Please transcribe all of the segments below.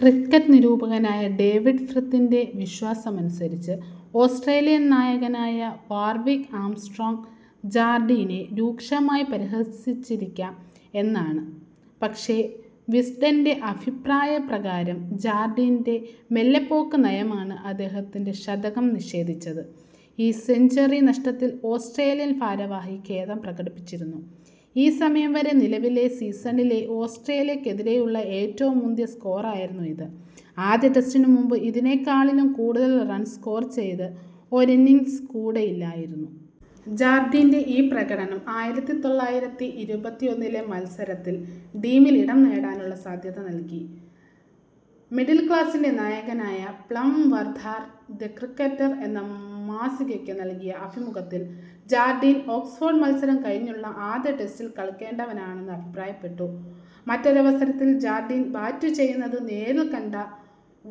Cricket നിരൂപകനായ David ഫ്രിത്തിൻ്റെ വിശ്വാസമനുസരിച്ച് ഓസ്ട്രേലിയൻ നായകനായ വാർവിക് ആംസ്ട്രോംഗ് ജാർഡീനെ രൂക്ഷമായി പരിഹസിച്ചിരിക്കാം എന്നാണ്. പക്ഷെ വിസ്ഡൻ്റെ അഭിപ്രായ പ്രകാരം ജാർഡീൻ്റെ മെല്ലെപ്പോക്ക് നയമാണ് അദ്ദേഹത്തിൻ ശതകം നിഷേധിച്ചത്. ഈ സെഞ്ച്വറി നഷ്ടത്തിൽ ഓസ്ട്രേലിയൻ ഭാരവാഹി ഖേദം പ്രകടിപ്പിച്ചിരുന്നു. ഈ സമയം വരെ നിലവിലെ സീസണിലെ ഓസ്ട്രേലിയക്കെതിരെയുള്ള ഏറ്റവും മുന്തിയ സ്കോറായിരുന്നു ഇത്, ആദ്യ ടെസ്റ്റിനു മുൻപ് ഇതിനേക്കാളിലും കൂടുതൽ റൺസ് സ്കോർ ചെയ്ത ഒരിന്നിംഗ്സ് കൂടെയില്ലായിരുന്നു. ജാർഡീൻ്റെ ഈ പ്രകടനം ആയിരത്തിതൊള്ളായിരത്തിഇരുപത്തിഒന്നിലെ മത്സരത്തിൽ ടീമിലിടം നേടാനുള്ള സാധ്യത നൽകി. മിഡിൽസെക്സിൻ്റെ നായകനായ പ്ലം വാർനർ ദി ക്രിക്കറ്റർ എന്ന മാസികയ്ക്ക് നൽകിയ അഭിമുഖത്തിൽ ജാർഡീൻ ഓക്സ്ഫോർഡ് മത്സരം കഴിഞ്ഞുള്ള ആദ്യ ടെസ്റ്റിൽ കളിക്കേണ്ടവനാണെന്ന് അഭിപ്രായപ്പെട്ടു. മറ്റൊരവസരത്തിൽ ജാർഡീൻ ബാറ്റുചെയ്യുന്നത് നേരിൽക്കണ്ട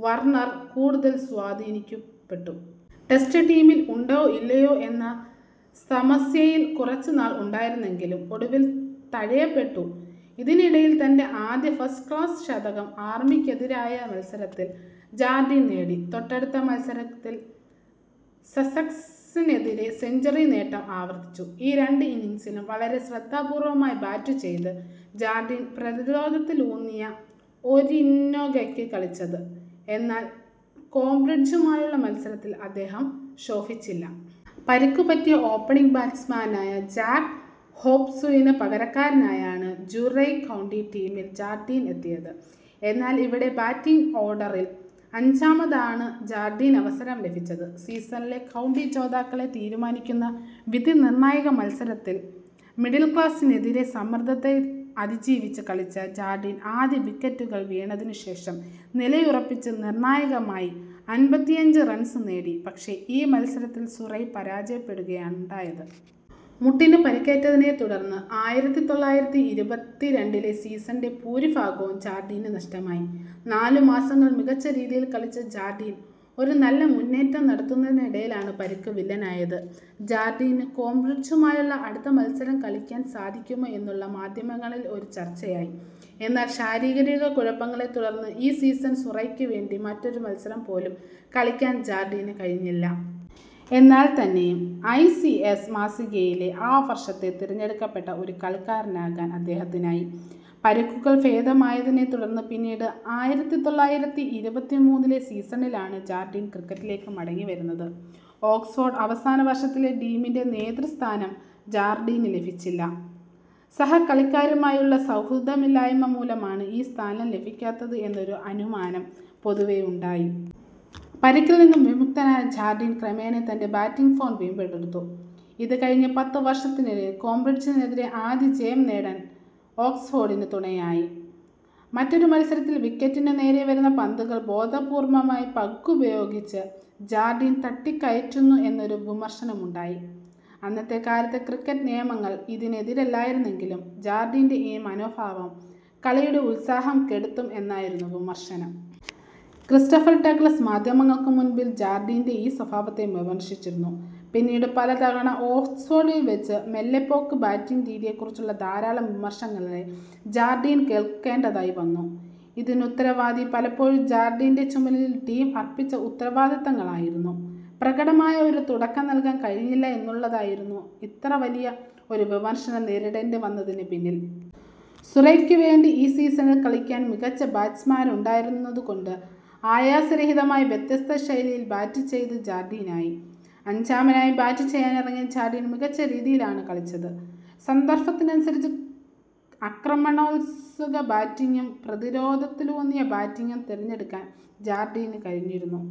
വാർനർ കൂടുതൽ സ്വാധീനിക്കുപ്പെട്ടു. ടെസ്റ്റ് ടീമിൽ ഉണ്ടോ ഇല്ലയോ എന്ന സമസ്യയിൽ കുറച്ച് നാൾ ഉണ്ടായിരുന്നെങ്കിലും ഒടുവിൽ തഴയപ്പെട്ടു, ഇതിനിടയിൽ തൻ്റെ ആദ്യ ഫസ്റ്റ് ക്ലാസ് ശതകം ആർമിക്കെതിരായ മത്സരത്തിൽ ജാർഡീൻ നേടി, തൊട്ടടുത്ത മത്സരത്തിൽ സസെക്സിനെതിരായും സെഞ്ച്വറി നേട്ടം ആവർത്തിച്ചു. ഈ രണ്ട് ഇന്നിംഗ്സിലും വളരെ ശ്രദ്ധാ പൂർവ്വമായി ബാറ്റു ചെയ്ത ജാർഡിൻ പ്രതിരോധത്തിലൂന്നിയ ഒരിന്നൊഗ്സാണ് കളിച്ചത്, എന്നാൽ കേംബ്രിഡ്ജുമായുള്ള മത്സരത്തിൽ അദ്ദേഹം ശോഭിച്ചില്ല. പരിക്കു പറ്റിയ ഓപ്പണിംഗ് ബാറ്റ്സ്മാനായ ജാക് ഹോബ്സിനു പകരക്കാരനായാണ് സുറൈ കൗണ്ടി ടീമിൽ ജാർഡീൻ എത്തിയത്, എന്നാൽ ഇവിടെ ബാറ്റിംഗ് ഓർഡറിൽ അഞ്ചാമതായാണ് ജാർഡിനവസരം ലഭിച്ചത്. സീസണിലെ കൗണ്ടി ജേതാക്കാളെ തീരുമാനിക്കുന്ന വിധിനിർണ്ണായക മത്സരത്തിൽ മിഡിൽസെക്സിനെതിരെ സമ്മർദ്ദത്തെ അതി ജീവിച്ചു കളിച്ച ജാർഡീൻ ആദ്യ വിക്കറ്റുകൾ വീണതിനു ശേഷം നിലയുറപ്പിച്ച് നിർണ്ണായകമായി അൻപത്തിഅഞ്ച് റൺസ് നേടി, പക്ഷെ ഈ മത്സരത്തിൽ സുറൈ പരാജയപ്പെടുകയാണുണ്ടായത്. മുട്ടിനു പരിക്കേറ്റതിനെ തുടർന്ന് ആയിരത്തിതൊള്ളായിരത്തിഇരുപത്തിരണ്ടിലെ സീസണിൻ്റെ ഭൂരിഭാഗവും ജാർഡീനു നഷ്ടമായി, നാലു മത്സരങ്ങൾ മികച്ച രീതിയിൽ കളിച്ച ജാർഡീൻ ഒരു നല്ല മുന്നേറ്റം നടത്തുന്നതിനിടയിലാണ് പരിക്ക് വില്ലനായത്. ജാർഡീനു കേബ്രിഡ്ജുമായുള്ള അടുത്ത മത്സരം കളിയ്ക്കാൻ സാധിക്കുമോ എന്നുള്ളത് മാധ്യമങ്ങളിൽ ഒരു ചർച്ചയായി, എന്നാൽ ശാരീരക കുഴപ്പങ്ങളെ തുടർന്ന് ആ സീസണിൽ സുറൈക്കു വേണ്ടി മറ്റൊരു മത്സരം പോലും കളിയ്ക്കാൻ ജാർഡീനു കഴിഞ്ഞില്ല. എന്നാൽ തന്നെയും ഐസിസ് മാസികയിലെ ആ വർഷത്തെ തിരഞ്ഞെടുക്കപ്പെട്ട ഒരു കളിക്കാരനാക്കാൻ അദ്ദേഹത്തിനായി. പരിക്കുകൾ ഭേദമായതിനെ തുടർന്ന് പിന്നീട് ആയിരത്തിതൊള്ളായിരത്തിഇരുപത്തിമൂന്നിലെ സീസണിലാണ് ജാർഡീൻ ക്രിക്കറ്റിലേക്ക് മടങ്ങി വരുന്നത്. ഒക്സ്ഫോർഡിലെ അവസാന വർഷത്തിൽ ടീമിൻ്റെ നേതൃസ്ഥാനം ജാർഡീനു ലഭിച്ചില്ല, സഹകളിക്കരുമായുള്ള സൗഹൃദയില്ലായ്മ മൂലമാണ് ഈ സ്ഥാനം ലഭിക്കാഞ്ഞത് എന്നൊരു അനുമാനം പൊതുവെ ഉണ്ടായി. പരിക്കിൽ നിന്നു മുക്തനായ ജാർഡീൻ ക്രമേണ തൻ്റെ ബാറ്റിംഗ് ഫോം വീണ്ടെടുത്തു, ഇത് കഴിഞ്ഞ പത്ത് വർഷത്തിനിടയിൽ കേംബ്രിഡ്ജിനെതിരെ ആദ്യ ജയം നേടാൻ ഓക്സ്ഫോർഡീനു തുണയായി. മറ്റൊരു മത്സരത്തിൽ വിക്കറ്റിനു നേരെ വരുന്ന പന്തുകളെ ബോധപൂർവ്വമായി പാഗ്ഗുപയോഗിച്ച് ജാർഡീൻ തട്ടിയകറ്റുന്നു എന്നൊരു വിമർശനം ഉണ്ടായി, അന്നത്തെക്കാലത്ത് ക്രിക്കറ്റ് നിയമങ്ങൾ ഇതിനെതിരല്ലായിരുന്നെങ്കിലും ജാർഡീൻ്റെ ഈ മനോഭാവം കളിയുടെ ഉത്സാഹം കെടുത്തും എന്നായിരുന്നു വിമർശനം. ക്രിസ്റ്റഫർ ഡഗ്ലസ് മാധ്യമങ്ങൾക്കു മുൻപിൽ ജർഡീൻ്റെ ഈ സ്വഭാവത്തെ വിമർശിച്ചിരുന്നു. പിന്നീടും പലതവണ ഓക്സ്ഫോർഡിൽ വച്ച് മെല്ലെപ്പോക്ക് ബാറ്റിംഗ് രീതിയെക്കുറിച്ച് ധാരാളം വിമർശനങ്ങൾ ജാർഡീനു കേൾക്കേണ്ടതായി വന്നു. ഇതിനുത്തരവാദി പലപ്പോഴും ജാർഡീൻ്റെ ചുമലിൽ ടീം അർപ്പിച്ച ഉത്തരവാദിത്തങ്ങളായിരുന്നു. പ്രകടമായ ഒരു തുടക്കം നൽകാൻ കഴിഞ്ഞില്ല എന്നുള്ളതായിരുന്നു ഇത്ര വലിയ ഒരു വിമർശനം നേരിടേണ്ടി വന്നതിനു പിന്നിൽ. സുറൈക്കു വേണ്ടി ഈ സീസണിൽ കളിക്കാൻ മികച്ച ബാറ്റ്സ്മാന്മാരുണ്ടായിരുന്നതുകൊണ്ട് അയാസരഹിതമായി വ്യത്യസ്ത ശൈലിയിൽ ബാറ്റു ചെയ്യാൻ ജാർഡീനായി. അഞ്ചാമനായി ബാറ്റു ചെയ്യാനിറങ്ങിയ ജാർഡീൻ മികച്ച രീതിയിലാണ് കളിച്ചത്, സന്ദർഭമനുസരിച്ച് അക്രമണോത്സുക ബാറ്റിംഗും പ്രതിരോധത്തിലൂന്നിയ ബാറ്റിംഗും തിരഞ്ഞെടുക്കാൻ ജാർഡീന് കഴിഞ്ഞിരുന്നു.